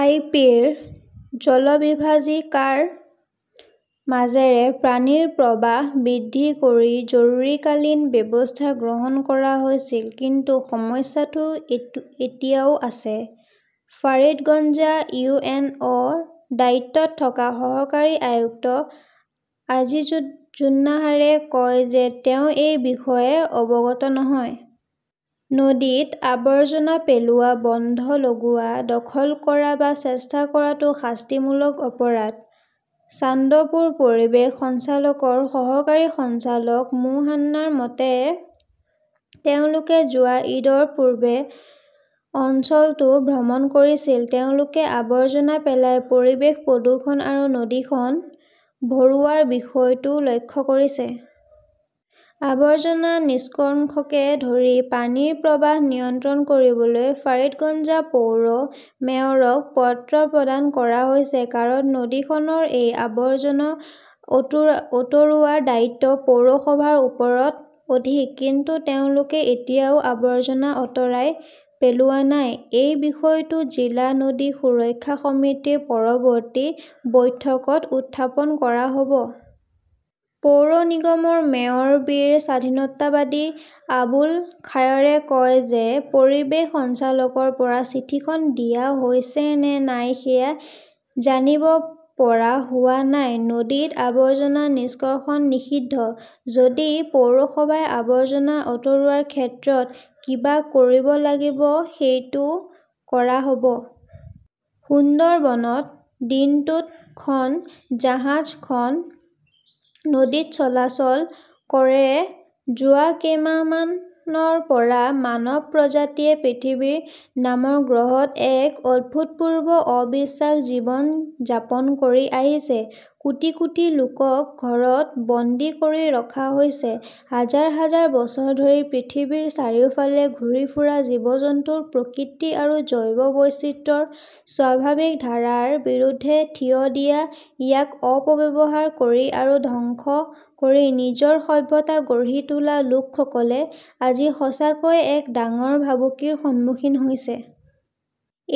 আই. P. ৰ জলবিভাজিকাৰ মাজেৰে পানীৰ প্ৰৱাহ বৃদ্ধি কৰি জৰুৰীকালীন ব্যৱস্থা গ্ৰহণ কৰা হৈছিল। কিন্তু সমস্যাটো এইটো এতিয়াও আছে। ফাৰিদগঞ্জ ইউ. এন. অ. ৰ দায়িত্বত থকা সহকাৰী আয়ুক্ত আজিজু জুন্নাহাৰে কয় যে তেওঁ এই বিষয়ে অৱগত নহয়। নদীত আৱৰ্জনা পেলোৱা, বন্ধ লগোৱা, দখল কৰা বা চেষ্টা কৰাটো শাস্তিমূলক অপৰাধ। চান্দপুৰ পৰিৱেশ সঞ্চালকৰ সহকাৰী সঞ্চালক মো. হান্নানৰ মতে, তেওঁলোকে যোৱা ঈদৰ পূৰ্বে অঞ্চলটো ভ্ৰমণ কৰিছিল। তেওঁলোকে আৱৰ্জনা পেলাই পৰিৱেশ প্ৰদূষণ আৰু নদীখন ভৰোৱাৰ বিষয়টো লক্ষ্য কৰিছে। আবৰ্জনা নিষ্কংশকে ধৰি পানীৰ প্ৰৱাহ নিয়ন্ত্ৰণ কৰিবলৈ ফাৰিদগঞ্জ পৌৰ মেয়ৰক পত্ৰ প্ৰদান কৰা হৈছে। কাৰণ নদীখনৰ এই আৱৰ্জনা অত আঁতৰোৱাৰ দায়িত্ব পৌৰসভাৰ ওপৰত অধিক। কিন্তু তেওঁলোকে এতিয়াও আৱৰ্জনা আঁতৰাই পেলোৱা নাই। এই বিষয়টো জিলা নদী সুৰক্ষা সমিতিৰ পৰৱৰ্তী বৈঠকত উত্থাপন কৰা হ’ব। পৌৰ নিগমৰ মেয়ৰ বীৰ স্বাধীনতাবাদী আবুল খায়ৰে কয় যে পৰিৱেশ সঞ্চালকৰ পৰা চিঠিখন দিয়া হৈছে নে নাই সেয়া জানিব পৰা হোৱা নাই। নদীত আৱৰ্জনা নিষ্কশন নিষিদ্ধ। যদি পৌৰসভাই আৱৰ্জনা আঁতৰোৱাৰ ক্ষেত্ৰত কিবা কৰিব লাগিব, সেইটো কৰা হ'ব। সুন্দৰবনত দিনটোত খন জাহাজ খন নদীত চলাচল কৰে যোৱা কেইমাহমানৰ পৰা মানৱ প্ৰজাতিয়ে পৃথিৱী নামৰ গ্ৰহত এক অভূতপূৰ্ব অবিশ্বাস্য জীৱন যাপন কৰি আহিছে। কোটি কোটি লোকক ঘৰত বন্দী কৰি ৰখা হৈছে। হাজাৰ হাজাৰ বছৰ ধৰি পৃথিৱীৰ চাৰিওফালে ঘূৰি ফুৰা, জীৱ-জন্তুৰ প্ৰকৃতি আৰু জৈৱ বৈচিত্ৰ্যৰ স্বাভাৱিক ধাৰাৰ বিৰুদ্ধে থিয় দিয়া, ইয়াক অপব্যৱহাৰ কৰি আৰু ধ্বংস কৰি নিজৰ সভ্যতা গঢ়ি তোলা লোকসকলে আজি সঁচাকৈয়ে এক ডাঙৰ ভাবুকিৰ সন্মুখীন হৈছে।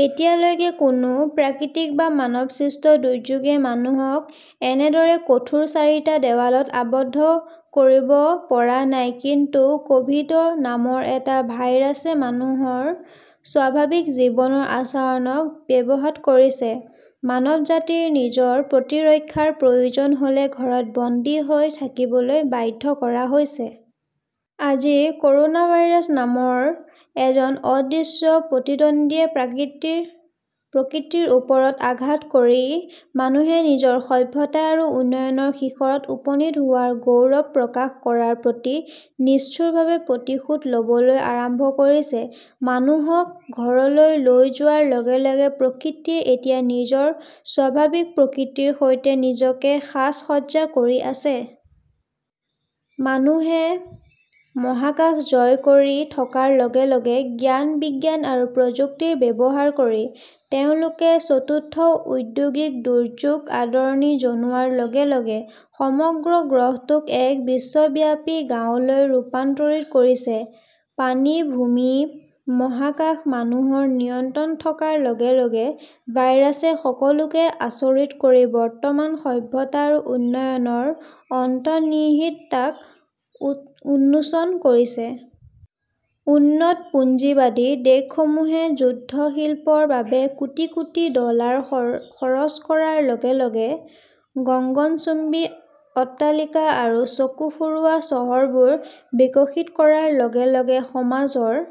এতিয়ালৈকে কোনো প্ৰাকৃতিক বা মানৱসৃষ্ট দুৰ্যোগই মানুহক এনেদৰে কোঠাৰ চাৰিটা দেৱালত আবদ্ধ কৰিব পৰা নাই। কিন্তু ক’ভিড- নামৰ এটা ভাইৰাছে মানুহৰ স্বাভাৱিক জীৱনৰ আচৰণক ব্যাহত কৰিছে। মানৱজাতিক নিজৰ প্ৰতিৰক্ষাৰ প্ৰয়োজন হ’লে ঘৰত বন্দী হৈ থাকিবলৈ বাধ্য কৰা হৈছে। আজি কৰোণা ভাইৰাছ নামৰ এজন অদৃশ্য প্ৰতিদ্বন্দ্বীয়ে প্ৰকৃতিৰ ওপৰত আঘাত কৰি মানুহে নিজৰ সভ্যতা আৰু উন্নয়নৰ শিখৰত উপনীত হোৱাৰ গৌৰৱ প্ৰকাশ কৰাৰ প্ৰতি নিষ্ঠুৰভাৱে প্ৰতিশোধ ল'বলৈ আৰম্ভ কৰিছে। মানুহক ঘৰলৈ লৈ যোৱাৰ লগে লগে প্ৰকৃতিয়ে এতিয়া নিজৰ স্বাভাৱিক প্ৰকৃতিৰ সৈতে নিজকে সাজ-সজ্জা কৰি আছে। মানুহে মহাকাশ জয় কৰি থকাৰ লগে লগে, জ্ঞান-বিজ্ঞান আৰু প্ৰযুক্তিৰ ব্যৱহাৰ কৰি তেওঁলোকে চতুৰ্থ ঔদ্যোগিক দুৰ্যোগক আদৰণি জনোৱাৰ লগে লগে, সমগ্ৰ গ্ৰহটোক এক বিশ্বব্যাপী গাঁৱলৈ ৰূপান্তৰিত কৰিছে, পানী-ভূমি-মহাকাশ মানুহৰ নিয়ন্ত্ৰণ থকাৰ লগে লগে, ভাইৰাছে সকলোকে আচৰিত কৰি বৰ্তমানৰ সভ্যতা আৰু উন্নয়নৰ অন্তৰ্নিহিতাক উন্মোচন কৰিছে। উন্নত পুঞ্জীবাদী দেশসমূহে যুদ্ধশিল্পৰ বাবে কোটি কোটি ডলাৰ খৰচ কৰাৰ লগে লগে, গঙ্গণচুম্বী অট্টালিকা আৰু চকু ফুৰোৱা চহৰবোৰ বিকশিত কৰাৰ লগে লগে, সমাজৰ